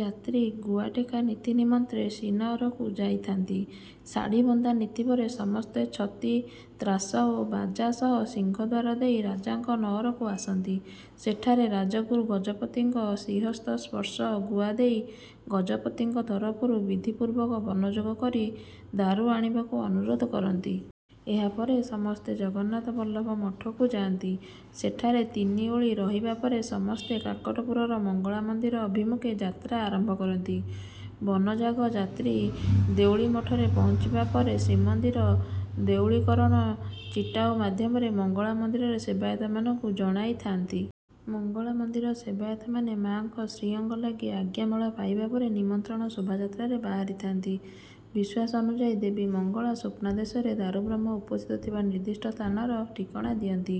ଯାତ୍ରୀ ଗୁଆଟେକା ନୀତି ନିମନ୍ତେ ଶ୍ରୀନଅରକୁ ଯାଇଥାନ୍ତି। ଶାଢ଼ୀବନ୍ଧା ନୀତି ପରେ ସମସ୍ତେ ଛତି, ତ୍ରାସ ଓ ବାଜା ସହ ସିଂହଦ୍ୱାର ଦେଇ ରାଜାଙ୍କ ନଅରକୁ ଆସନ୍ତି। ସେଠାରେ ରାଜଗୁରୁ ଗଜପତିଙ୍କ ଶ୍ରୀହସ୍ତ ସ୍ପର୍ଶ ଗୁଆ ଦେଇ ଗଜପତିଙ୍କ ତରଫରୁ ବିଧିପୂର୍ବକ ବନଯାଗ କରି ଦାରୁ ଆଣିବାକୁ ଅନୁରୋଧ କରନ୍ତି। ଏହା ପରେ ସମସ୍ତେ ଜଗନ୍ନାଥ ବଲ୍ଲଭ ମଠକୁ ଯାଆନ୍ତି, ସେଠାରେ ତିନି ଓଳି ରହିବା ପରେ ସମସ୍ତେ କାକଟପୁରର ମଙ୍ଗଳା ମନ୍ଦିର ଅଭିମୁଖେ ଯାତ୍ରା ଆରମ୍ଭ କରନ୍ତି। ବନଯାଗ ଯାତ୍ରୀ ଦେଉଳିମଠରେ ପହଞ୍ଚିବା ପରେ ଶ୍ରୀମନ୍ଦିର ଦେଉଳକରଣ ଚିଟାଉ ମାଧ୍ୟମରେ ମଙ୍ଗଳା ମନ୍ଦିର ସେବାୟତମାନଙ୍କୁ ଜଣାଇଥାନ୍ତି। ମଙ୍ଗଳା ମନ୍ଦିର ସେବାୟତମାନେ ମା'ଙ୍କ ଶ୍ରୀଅଙ୍ଗଲାଗି ଆଜ୍ଞାମାଳ ପାଇବାପରେ ନିମନ୍ତ୍ରଣ ଶୋଭାଯାତ୍ରାରେ ବାହାରିଥାନ୍ତି। ବିଶ୍ୱାସ ଅନୁଯାଇ ଦେବୀ ମଙ୍ଗଳା ସ୍ୱପ୍ନାଦେଶରେ ଦାରୁବ୍ରହ୍ମ ଉପସ୍ଥିତ ଥିବା ନିର୍ଦ୍ଧିଷ୍ଠ ସ୍ଥାନର ଠିକଣା ଦିଅନ୍ତି।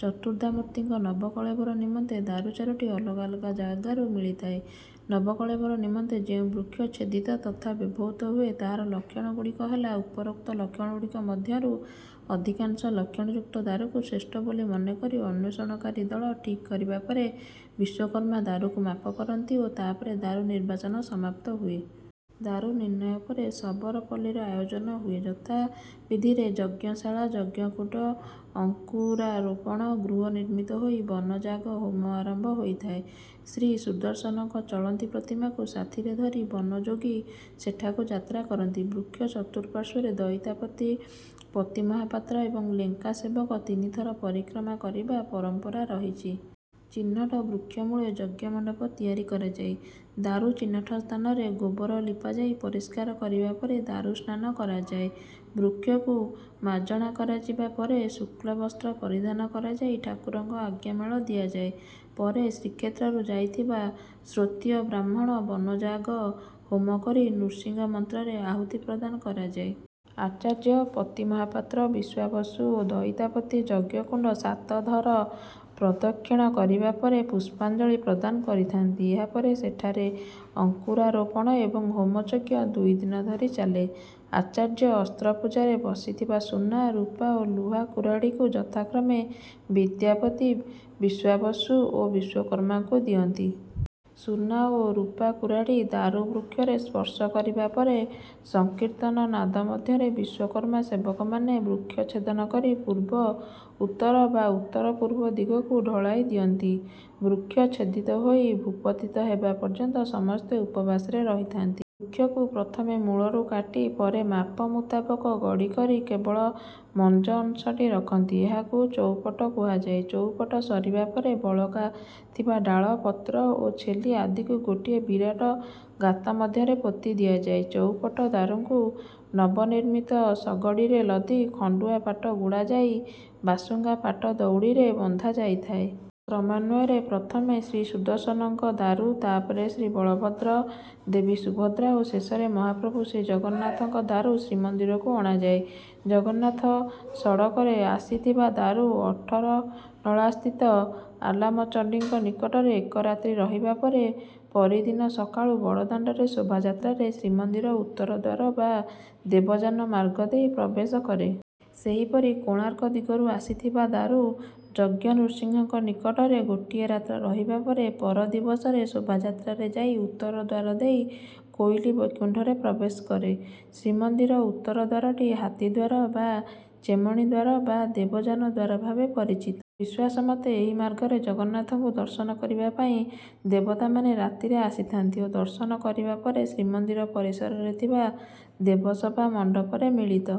ଚତୁର୍ଦ୍ଧାମୁର୍ତ୍ତୀଙ୍କ ନବକଳେବର ନିମନ୍ତେ ଦାରୁ ଚାରୋଟି ଅଲଗା ଅଲଗା ଜାଗାରୁ ମିଳିଥାଏ। ନବକଳେବର ନିମନ୍ତେ ଯେଉଁ ବୃକ୍ଷ ଛେଦିତ ତଥା ବ୍ୟବହୃତ ହୁଏ, ତାହାର ଲକ୍ଷଣ ଗୁଡ଼ିକ ହେଲା ଉପରୋକ୍ତ ଲକ୍ଷଣଗୁଡ଼ିକ ମଧ୍ୟରୁ ଅଧିକାଂଶ ଲକ୍ଷଣଯୁକ୍ତ ଦାରୁକୁ ଶ୍ରେଷ୍ଠ ବୋଲି ମନେ କରି ଅନ୍ୱେଷଣକାରୀ ଦଳ ଠିକ କରିବା ପରେ ବିଶ୍ୱକର୍ମା ଦାରୁକୁ ମାପ କରନ୍ତି ଓ ତାପରେ ଦାରୁ ନିର୍ବାଚନ ସମାପ୍ତ ହୁଏ। ଦାରୁ ନିର୍ଣ୍ଣୟ ପରେ ଶବର ପଲ୍ଲୀର ଆୟୋଜନ ହୁଏ। ଯଥାବିଧିରେ ଯଜ୍ଞଶାଳା, ଯଜ୍ଞକୁଣ୍ଡ, ଅଙ୍କୁରାରୋପଣ ଗୃହ ନିର୍ମିତ ହୋଇ ବନଯାଗ ହୋମ ଆରମ୍ଭ ହୋଇଥାଏ। ଶ୍ରୀସୁଦର୍ଶନଙ୍କ ଚଳନ୍ତି ପ୍ରତିମାଙ୍କୁ ସାଥିରେ ଧରି ବନଯାଗୀ ସେଠାକୁ ଯାତ୍ରା କରନ୍ତି। ବୃକ୍ଷ ଚତୁଃପାଶ୍ୱର୍ରେ ଦଇତାପତି, ପତିମହାପାତ୍ର ଏବଂ ଲେଙ୍କା ସେବକ ତିନିଥର ପରିକ୍ରମା କରିବାର ପରମ୍ପରା ରହିଛି। ଚିହ୍ନଟ ବୃକ୍ଷମୂଳେ ଯଜ୍ଞମଣ୍ଡପ ତିଆରି କରାଯାଏ। ଦାରୁ ଚିହ୍ନଟ ସ୍ଥାନରେ ଗୋବର ଲିପାଯାଇ ପରିସ୍କାର କରିବା ପରେ ଦାରୁ ସ୍ନାନ କରାଯାଏ। ବୃକ୍ଷକୁ ମାଜଣା କରାଯିବା ପରେ ଶୁକ୍ଳବସ୍ତ୍ର ପରିଧାନ କରାଯାଇ ଠାକୁରଙ୍କ ଆଜ୍ଞାମାଳ ଦିଆଯାଏ। ପରେ ଶ୍ରୀକ୍ଷେତ୍ରରୁ ଯାଇଥିବା ସ୍ରୋତ୍ରୀୟ ବ୍ରାହ୍ମଣ ବନଯାଗ ହୋମ କରି ନୃସିଂହ ମନ୍ତ୍ରରେ ଆହୂତି ପ୍ରଦାନ କରାଯାଏ। ଆଚାର୍ଯ୍ୟ, ପତିମହାପାତ୍ର, ବିଶ୍ୱାବସୁ ଓ ଦଇତାପତି ଯଜ୍ଞକୁଣ୍ଡ ସାତ ଥର ପ୍ରଦକ୍ଷିଣ କରିବା ପରେ ପୁଷ୍ପାଞ୍ଜଳି ପ୍ରଦାନ କରିଥାନ୍ତି। ଏହାପରେ ସେଠାରେ ଅଙ୍କୁରାରୋପଣ ଏବଂ ହୋମଯଜ୍ଞ ଦୁଇଦିନ ଧରି ଚାଲେ। ଆଚାର୍ଯ୍ୟ ଅସ୍ତ୍ରପୂଜାରେ ବସିଥିବା ସୁନା, ରୁପା ଓ ଲୁହା କୁରାଢ଼ୀକୁ ଯଥାକ୍ରମେ ବିଦ୍ୟାପତି, ବିଶ୍ୱାବସୁ ଓ ବିଶ୍ୱକର୍ମାଙ୍କୁ ଦିଅନ୍ତି। ସୁନା ଓ ରୁପା କୁରାଢ଼ୀ ଦାରୁ ବୃକ୍ଷରେ ସ୍ପର୍ଶ କରିବା ପରେ ସଂକୀର୍ତ୍ତନ ନାଦ ମଧ୍ୟରେ ବିଶ୍ୱକର୍ମା ସେବକମାନେ ବୃକ୍ଷ ଚ୍ଛେଦନ କରି ପୂର୍ବ, ଉତ୍ତର ବା ଉତ୍ତର-ପୂର୍ବ ଦିଗକୁ ଢଳାଇ ଦିଅନ୍ତ। ବୃକ୍ଷ ଛେଦିତ ହୋଇ ଭୂପତିତ ହେବା ପର୍ଯନ୍ତ ସମସ୍ତେ ଉପବାସରେ ରହିଥାନ୍ତି। ବୃକ୍ଷକୁ ପ୍ରଥମେ ମୂଳରୁ କାଟି ପରେ ମାପ ମୁତାବକ ଗଡ଼ି କରି କେବଳ ମଞ୍ଜ ଅଂଶଟି ରଖନ୍ତି। ଏହାକୁ ଚଉପଟ କୁହାଯାଏ। ଚଉପଟ ସରିବା ପରେ ବଳକା ଥିବା ଡାଳ, ପତ୍ର ଓ ଛେଲି ଆଦିକୁ ଗୋଟିଏ ବିରାଟ ଗାତ ମଧ୍ୟରେ ପୋତି ଦିଆଯାଏ। ଚଉପଟ ଦାରୁଙ୍କୁ ନବନିର୍ମିତ ଶଗଡ଼ିରେ ଲଦି ଖଣ୍ଡୁଆ ପାଟ ଗୁଡ଼ାଯାଇ ବାସୁଙ୍ଗା ପାଟ ଦଉଡ଼ିରେ ବନ୍ଧାଯାଇଥାଏ। କ୍ରମାନ୍ୱୟରେ ପ୍ରଥମେ ଶ୍ରୀସୁଦର୍ଶନଙ୍କ ଦାରୁ ତାପରେ ଶ୍ରୀବଳଭଦ୍ର, ଦେବୀ ସୁଭଦ୍ରା ଓ ଶେଷରେ ମହାପ୍ରଭୁ ଶ୍ରୀଜଗନ୍ନାଥଙ୍କ ଦାରୁ ଶ୍ରୀମନ୍ଦିରକୁ ଅଣାଯାଏ। ଜଗନ୍ନାଥ ସଡ଼କରେ ଆସିଥିବା ଦାରୁ ଅଠରନଳାସ୍ଥିତ ଆଲାମଚଣ୍ଡିଙ୍କ ନିକଟରେ ଏକ ରାତ୍ରି ରହିବା ପରେ ପରିଦିନ ସକାଳୁ ବଡ଼ଦାଣ୍ଡରେ ଶୋଭାଯାତ୍ରାରେ ଶ୍ରୀମନ୍ଦିର ଉତ୍ତର ଦ୍ୱାର ବା ଦେବଯାନ ମାର୍ଗ ଦେଇ ପ୍ରବେଶ କରେ। ସେହିପରି କୋଣାର୍କ ଦିଗରୁ ଆସିଥିବା ଦାରୁ ଯଜ୍ଞନୃସିଂହଙ୍କ ନିକଟରେ ଗୋଟିଏ ରାତ୍ର ରହିବା ପରେ ପର ଦିବସରେ ଶୋଭାଯାତ୍ରାରେ ଯାଇ ଉତ୍ତର ଦ୍ୱାର ଦେଇ କୋଇଲି ବୈକୁଣ୍ଠରେ ପ୍ରବେଶ କରେ। ଶ୍ରୀମନ୍ଦିର ଉତ୍ତରଦ୍ୱାରଟି ହାତୀଦ୍ୱାର ବା ଚେମେଣୀ ଦ୍ୱାର ବା ଦେବଯାନ ଦ୍ୱାର ଭାବେ ପରିଚିତ। ବିଶ୍ୱାସମତେ ଏହି ମାର୍ଗରେ ଜଗନ୍ନାଥଙ୍କୁ ଦର୍ଶନ କରିବା ପାଇଁ ଦେବତାମାନେ ରାତିରେ ଆସିଥାନ୍ତି ଓ ଦର୍ଶନ କରିବା ପରେ ଶ୍ରୀମନ୍ଦିର ପରିସରରେ ଥିବା ଦେବସଭା ମଣ୍ଡପରେ ମିଳିତ